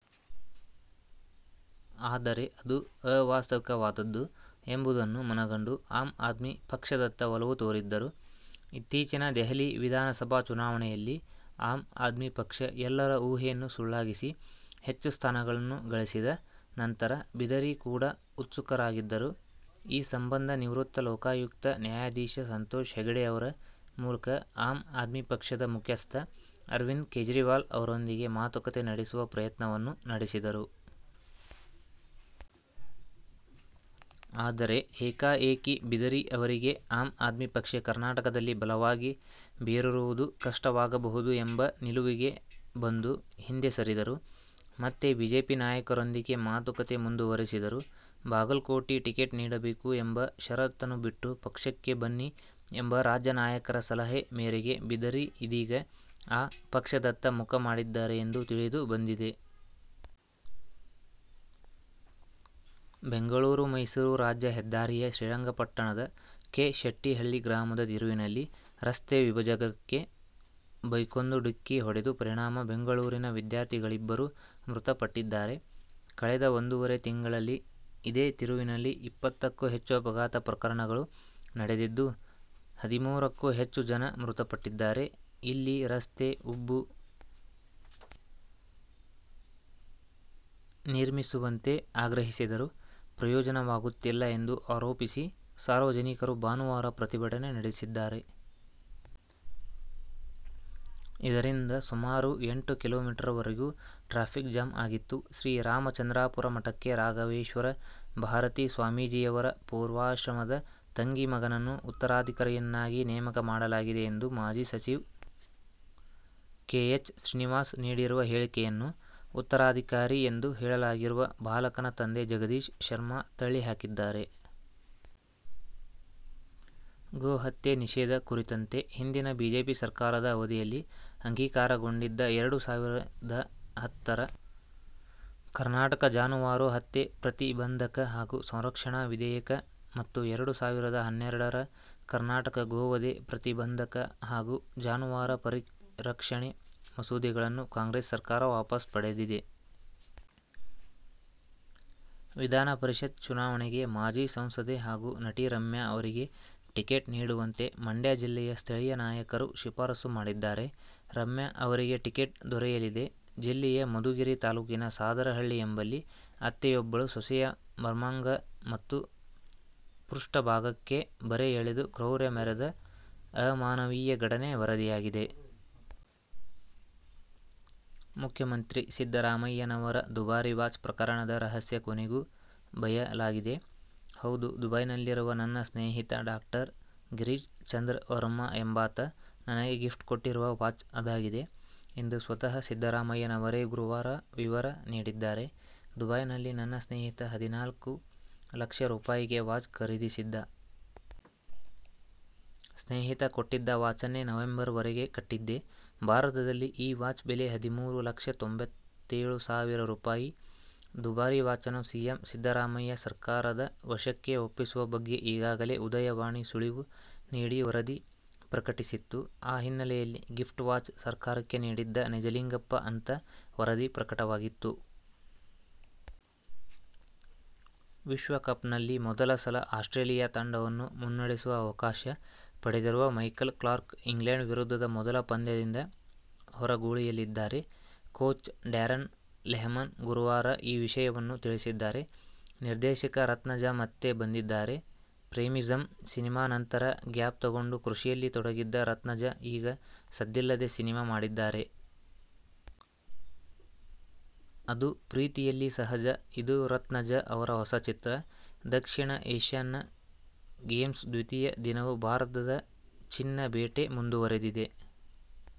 ಆದರೆ, ಅದು ಆವಾಸ್ತವಿಕವಾದದ್ದು ಎಂಬುದನ್ನು ಮನಗಂಡು ಆಮ್ ಆದ್ಮಿ ಪಕ್ಷದತ್ತ ಒಲವು ತೋರಿದ್ದರು. ಇತ್ತೀಚಿನ ದೆಹಲಿ ವಿಧಾನಸಭಾ ಚುನಾವಣೆಯಲ್ಲಿ ಆಮ್ ಆದ್ಮಿ ಪಕ್ಷ ಎಲ್ಲರ ಊಹೆಯನ್ನು ಸುಳ್ಳಾಗಿಸಿ ಹೆಚ್ಚು ಸ್ಥಾನಗಳನ್ನು ಗಳಿಸಿದ ನಂತರ ಬಿದರಿ ಕೂಡ ಉತ್ಸುಕರಾಗಿದ್ದರು. ಈ ಸಂಬಂಧ ನಿವೃತ್ತ ಲೋಕಾಯುಕ್ತ ನ್ಯಾಯಾಧೀಶ ಸಂತೋಷ್ ಹೆಗ್ಡೆ ಅವರ ಮೂಲಕ ಆಮ್ ಆದ್ಮಿ ಪಕ್ಷದ ಮುಖ್ಯಸ್ಥ ಅರವಿಂದ್ ಕೇಜ್ರಿವಾಲ್ ಅವರೊಂದಿಗೆ ಮಾತುಕತೆ ನಡೆಸುವ ಪ್ರಯತ್ನವನ್ನೂ ನಡೆಸಿದರು. ಆದರೆ, ಏಕಾಏಕಿ ಬಿದರಿ ಅವರಿಗೆ ಆಮ್ ಆದ್ಮಿ ಪಕ್ಷ ಕರ್ನಾಟಕದಲ್ಲಿ ಬಲವಾಗಿ ಬೇರೂರುವುದು ಕಷ್ಟವಾಗಬಹುದು ಎಂಬ ನಿಲುವಿಗೆ ಬಂದು ಹಿಂದೆ ಸರಿದರು. ಮತ್ತೆ ಬಿಜೆಪಿ ನಾಯಕರೊಂದಿಗೇ ಮಾತುಕತೆ ಮುಂದುವರೆಸಿದರು. ಬಾಗಲಕೋಟೆ ಟಿಕೆಟ್ ನೀಡಬೇಕು ಎಂಬ ಷರತ್ತನ್ನು ಬಿಟ್ಟು ಪಕ್ಷಕ್ಕೆ ಬನ್ನಿ ಎಂಬ ರಾಜ್ಯ ನಾಯಕರ ಸಲಹೆ ಮೇರೆಗೆ ಬಿದರಿ ಇದೀಗ ಆ ಪಕ್ಷದತ್ತ ಮುಖ ಮಾಡಿದ್ದಾರೆ ಎಂದು ತಿಳಿದು ಬಂದಿದೆ. ಬೆಂಗಳೂರು- ಮೈಸೂರು ರಾಜ್ಯ ಹೆದ್ದಾರಿಯ ಶ್ರೀರಂಗಪಟ್ಟಣದ ಕೆ. ಶೆಟ್ಟಿಹಳ್ಳಿ ಗ್ರಾಮದ ತಿರುವಿನಲ್ಲಿ ರಸ್ತೆ ವಿಭಜಗಕ್ಕೆ ಬೈಕೊಂದು ಡಿಕ್ಕಿ ಹೊಡೆದ ಪರಿಣಾಮ ಬೆಂಗಳೂರಿನ ವಿದ್ಯಾರ್ಥಿಗಳಿಬ್ಬರು ಮೃತಪಟ್ಟಿದ್ದಾರೆ. ಕಳೆದ ಒಂದೂವರೆ ತಿಂಗಳಲ್ಲಿ ಇದೇ ತಿರುವಿನಲ್ಲಿ ಇಪ್ಪತ್ತಕ್ಕೂ ಹೆಚ್ಚು ಅಪಘಾತ ಪ್ರಕರಣಗಳು ನಡೆದಿದ್ದು, ಹದಿಮೂರಕ್ಕೂ ಹೆಚ್ಚು ಜನ ಮೃತಪಟ್ಟಿದ್ದಾರೆ. ಇಲ್ಲಿ ರಸ್ತೆ ಉಬ್ಬು ನಿರ್ಮಿಸುವಂತೆ ಆಗ್ರಹಿಸಿದರೂ ಪ್ರಯೋಜನವಾಗುತ್ತಿಲ್ಲ ಎಂದು ಆರೋಪಿಸಿ ಸಾರ್ವಜನಿಕರು ಭಾನುವಾರ ಪ್ರತಿಭಟನೆ ನಡೆಸಿದ್ದಾರೆ. ಇದರಿಂದ ಸುಮಾರು ಎಂಟು ಕಿಲೋಮೀಟರ್ವರೆಗೂ ಟ್ರಾಫಿಕ್ ಜಾಮ್ ಆಗಿತ್ತು. ಶ್ರೀ ರಾಮಚಂದ್ರಾಪುರ ಮಠಕ್ಕೆ ರಾಘವೇಶ್ವರ ಭಾರತಿ ಸ್ವಾಮೀಜಿಯವರ ಪೂರ್ವಾಶ್ರಮದ ತಂಗಿ ಮಗನನ್ನು ಉತ್ತರಾಧಿಕಾರಿಯನ್ನಾಗಿ ನೇಮಕ ಮಾಡಲಾಗಿದೆ ಎಂದು ಮಾಜಿ ಸಚಿವ ಕೆ. ಎಚ್. ಶ್ರೀನಿವಾಸ್ ನೀಡಿರುವ ಹೇಳಿಕೆಯನ್ನು ಉತ್ತರಾಧಿಕಾರಿ ಎಂದು ಹೇಳಲಾಗಿರುವ ಬಾಲಕನ ತಂದೆ ಜಗದೀಶ್ ಶರ್ಮಾ ತಳ್ಳಿ ಹಾಕಿದ್ದಾರೆ. ಗೋಹತ್ಯೆ ನಿಷೇಧ ಕುರಿತಂತೆ ಹಿಂದಿನ ಬಿಜೆಪಿ ಸರ್ಕಾರದ ಅವಧಿಯಲ್ಲಿ ಅಂಗೀಕಾರಗೊಂಡಿದ್ದ ಎರಡು ಸಾವಿರದ ಹತ್ತರ ಕರ್ನಾಟಕ ಜಾನುವಾರು ಹತ್ಯೆ ಪ್ರತಿಬಂಧಕ ಹಾಗೂ ಸಂರಕ್ಷಣಾ ವಿಧೇಯಕ ಮತ್ತು ಎರಡು ಸಾವಿರದ ಹನ್ನೆರಡರ ಕರ್ನಾಟಕ ಗೋವಧೆ ಪ್ರತಿಬಂಧಕ ಹಾಗೂ ಜಾನುವಾರು ಪರಿರಕ್ಷಣೆ ಮಸೂದೆಗಳನ್ನು ಕಾಂಗ್ರೆಸ್ ಸರ್ಕಾರ ವಾಪಸ್ ಪಡೆದಿದೆ. ವಿಧಾನಪರಿಷತ್ ಚುನಾವಣೆಗೆ ಮಾಜಿ ಸಂಸದೆ ಹಾಗೂ ನಟಿ ರಮ್ಯಾ ಅವರಿಗೆ ಟಿಕೆಟ್ ನೀಡುವಂತೆ ಮಂಡ್ಯ ಜಿಲ್ಲೆಯ ಸ್ಥಳೀಯ ನಾಯಕರು ಶಿಫಾರಸು ಮಾಡಿದ್ದರೆ ರಮ್ಯಾ ಅವರಿಗೆ ಟಿಕೆಟ್ ದೊರೆಯಲಿದೆ. ಜಿಲ್ಲೆಯ ಮಧುಗಿರಿ ತಾಲೂಕಿನ ಸಾದರಹಳ್ಳಿ ಎಂಬಲ್ಲಿ ಅತ್ತೆಯೊಬ್ಬಳು ಸೊಸೆಯ ಮರ್ಮಾಂಗ ಮತ್ತು ಪೃಷ್ಠ ಭಾಗಕ್ಕೆ ಬರೆ ಎಳೆದು ಕ್ರೌರ್ಯ ಮೆರೆದ ಅಮಾನವೀಯ ಘಟನೆ ವರದಿಯಾಗಿದೆ. ಮುಖ್ಯಮಂತ್ರಿ ಸಿದ್ಧರಾಮಯ್ಯನವರ ದುಬಾರಿ ವಾಚ್ ಪ್ರಕರಣದ ರಹಸ್ಯ ಕೊನೆಗೂ ಬಯಲಾಗಿದೆ. ಹೌದು ದುಬೈನಲ್ಲಿರುವ ನನ್ನ ಸ್ನೇಹಿತ ಡಾ. ಗಿರೀಶ್ ಚಂದ್ರ ವರ್ಮಾ ಎಂಬಾತ ನನಗೆ ಗಿಫ್ಟ್ ಕೊಟ್ಟಿರುವ ವಾಚ್ ಅದಾಗಿದೆ ಎಂದು ಸ್ವತಃ ಸಿದ್ದರಾಮಯ್ಯನವರೇ ಗುರುವಾರ ವಿವರ ನೀಡಿದ್ದಾರೆ. ದುಬೈನಲ್ಲಿ ನನ್ನ ಸ್ನೇಹಿತ ಹದಿನಾಲ್ಕು ಲಕ್ಷ ರೂಪಾಯಿಗೆ ವಾಚ್ ಖರೀದಿಸಿದ್ದ. ಸ್ನೇಹಿತ ಕೊಟ್ಟಿದ್ದ ವಾಚನ್ನೆ ನವೆಂಬರ್ ವರೆಗೆ ಕಟ್ಟಿದ್ದೆ. ಭಾರತದಲ್ಲಿ ಈ ವಾಚ್ ಬೆಲೆ ಹದಿಮೂರು ಲಕ್ಷ ತೊಂಬತ್ತೇಳು ಸಾವಿರ ರೂಪಾಯಿ. ದುಬಾರಿ ವಾಚನ್ನು ಸಿಎಂ ಸಿದ್ದರಾಮಯ್ಯ ಸರ್ಕಾರದ ವಶಕ್ಕೆ ಒಪ್ಪಿಸುವ ಬಗ್ಗೆ ಈಗಾಗಲೇ ಉದಯವಾಣಿ ಸುಳಿವು ನೀಡಿ ವರದಿ ಪ್ರಕಟಿಸಿತ್ತು. ಆ ಹಿನ್ನೆಲೆಯಲ್ಲಿ ಗಿಫ್ಟ್ ವಾಚ್ ಸರ್ಕಾರಕ್ಕೆ ನೀಡಿದ್ದ ನಿಜಲಿಂಗಪ್ಪ ಅಂತ ವರದಿ ಪ್ರಕಟವಾಗಿತ್ತು. ವಿಶ್ವಕಪ್ನಲ್ಲಿ ಮೊದಲ ಸಲ ಆಸ್ಟ್ರೇಲಿಯ ತಂಡವನ್ನು ಮುನ್ನಡೆಸುವ ಅವಕಾಶ ಪಡೆದಿರುವ ಮೈಕಲ್ ಕ್ಲಾರ್ಕ್ ಇಂಗ್ಲೆಂಡ್ ವಿರುದ್ಧದ ಮೊದಲ ಪಂದ್ಯದಿಂದ ಹೊರಗುಳಿಯಲಿದ್ದಾರೆ. ಕೋಚ್ ಡ್ಯಾರನ್ ಲೆಹ್ಮನ್ ಗುರುವಾರ ಈ ವಿಷಯವನ್ನು ತಿಳಿಸಿದ್ದಾರೆ. ನಿರ್ದೇಶಕ ರತ್ನಜ ಮತ್ತೆ ಬಂದಿದ್ದಾರೆ. "ಪ್ರೇಮಿಸಂ' ಸಿನಿಮಾ ನಂತರ ಗ್ಯಾಪ್ ತಗೊಂಡು, ಕೃಷಿಯಲ್ಲಿ ತೊಡಗಿದ್ದ ರತ್ನಜ ಈಗ ಸದ್ದಿಲ್ಲದೇ ಸಿನಿಮಾ ಮಾಡಿದ್ದಾರೆ. ಅದು "ಪ್ರೀತಿಯಲ್ಲಿ ಸಹಜ'. ಇದು ರತ್ನಜ ಅವರ ಹೊಸ ಚಿತ್ರ. ದಕ್ಷಿಣ ಏಶ್ಯನ್ ಗೇಮ್ಸ್ನ ದ್ವಿತೀಯ ದಿನವೂ ಭಾರತದ ಚಿನ್ನ ಬೇಟೆ ಮುಂದುವರೆದಿದೆ.